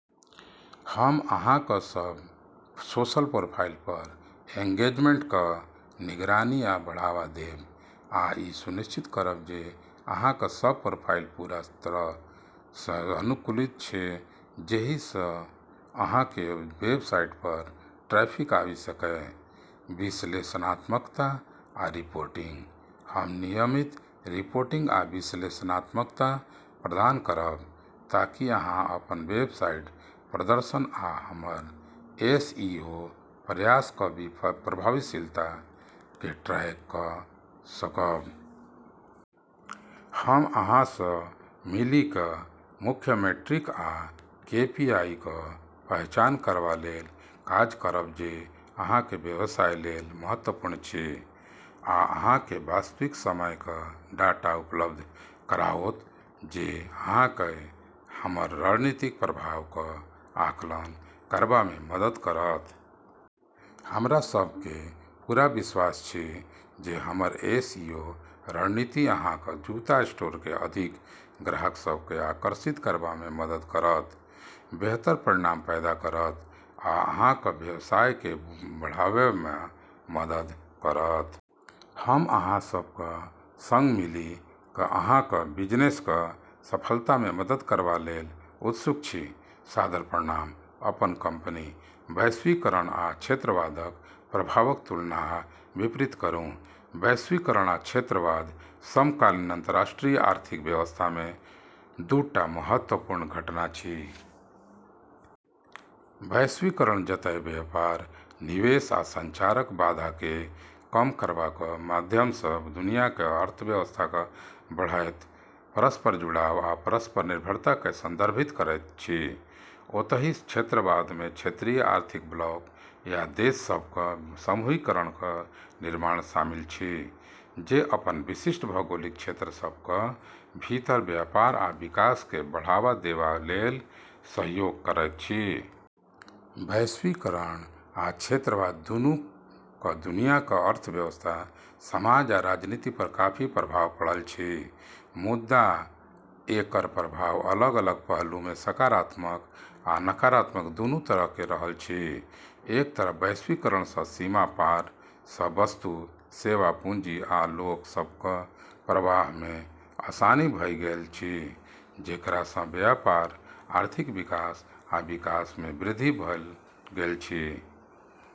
हम अहाँक सभ सोशल प्रोफाइल पर एंगेजमेंटक निगरानी आ बढ़ावा देब, आ ई सुनिश्चित करब जे अहाँक सभ प्रोफाइल पूरा तरह सँ अनुकूलित अछि जेहि सँ अहाँक वेबसाइट पर ट्रैफिक आबि सकए। विश्लेषणात्मकता आ रिपोर्टिंग: हम नियमित रिपोर्टिंग आ विश्लेषणात्मकता प्रदान करब, ताकि अहाँ अपन वेबसाइटक प्रदर्शन आ हमर एसईओ प्रयासक प्रभावशीलता केँ ट्रैक कऽ सकब। हम अहाँ सँ मिलि कऽ मुख्य मीट्रिक आ केपीआईक पहचान करबा लेल काज करब जे अहाँक व्यवसाय लेल महत्वपूर्ण अछि, आ अहाँ केँ वास्तविक समयक डाटा उपलब्ध कराओत जे अहाँ केँ हमर रणनीतिक प्रभावक आकलन करबा मे मदद करत। हमरा सभ केँ पूरा विश्वास अछि जे हमर एसईओ रणनीति अहाँक जूता स्टोर केँ अधिक ग्राहक सभ केँ आकर्षित करबा मे मदद करत, बेहतर परिणाम पैदा करत, आ अहाँक व्यवसाय केँ बढ़ाबय मे मदद करत। हम अहाँ सभक संग मिलि कऽ अहाँक बिजनेसक सफलता मे मदद करबा लेल उत्सुक छी। सादर प्रणाम, [अपन कंपनी]। वैश्वीकरण आ क्षेत्रवादक प्रभावक तुलना आ विपरीत करू। वैश्वीकरण आ क्षेत्रवाद समकालीन अंतर्राष्ट्रीय आर्थिक व्यवस्था मे दू टा महत्वपूर्ण घटना अछि। वैश्वीकरण जतए व्यापार, निवेश, आ संचारक बाधा केँ कम करबाक माध्यम सँ दुनियाक अर्थव्यवस्थाक बढ़ैत परस्पर जुड़ाव आ परस्पर निर्भरता केँ संदर्भित करैत अछि, ओतहि क्षेत्रवाद मे क्षेत्रीय आर्थिक ब्लॉक या देश सभक समूहीकरणक निर्माण शामिल अछि जे अपन विशिष्ट भौगोलिक क्षेत्र सभक भीतर व्यापार आ विकास केँ बढ़ावा देबा लेल सहयोग करैत अछि। वैश्वीकरण आ क्षेत्रवाद दुनू क दुनियाक अर्थव्यवस्था, समाज आ राजनीति पर काफी प्रभाव पड़ल अछि। मुदा एकर प्रभाव अलग-अलग पहलू मे सकारात्मक आ नकारात्मक दुनू तरहक रहल अछि। एक तरफ वैश्वीकरण सँ सीमा पार सँ वस्तु, सेवा, पूंजी, आ लोक सभक प्रवाह मे आसानी भऽ गेल अछि जेकरा सँ व्यापार, आर्थिक विकास आ विकास मे वृद्धि भऽ गेल अछि।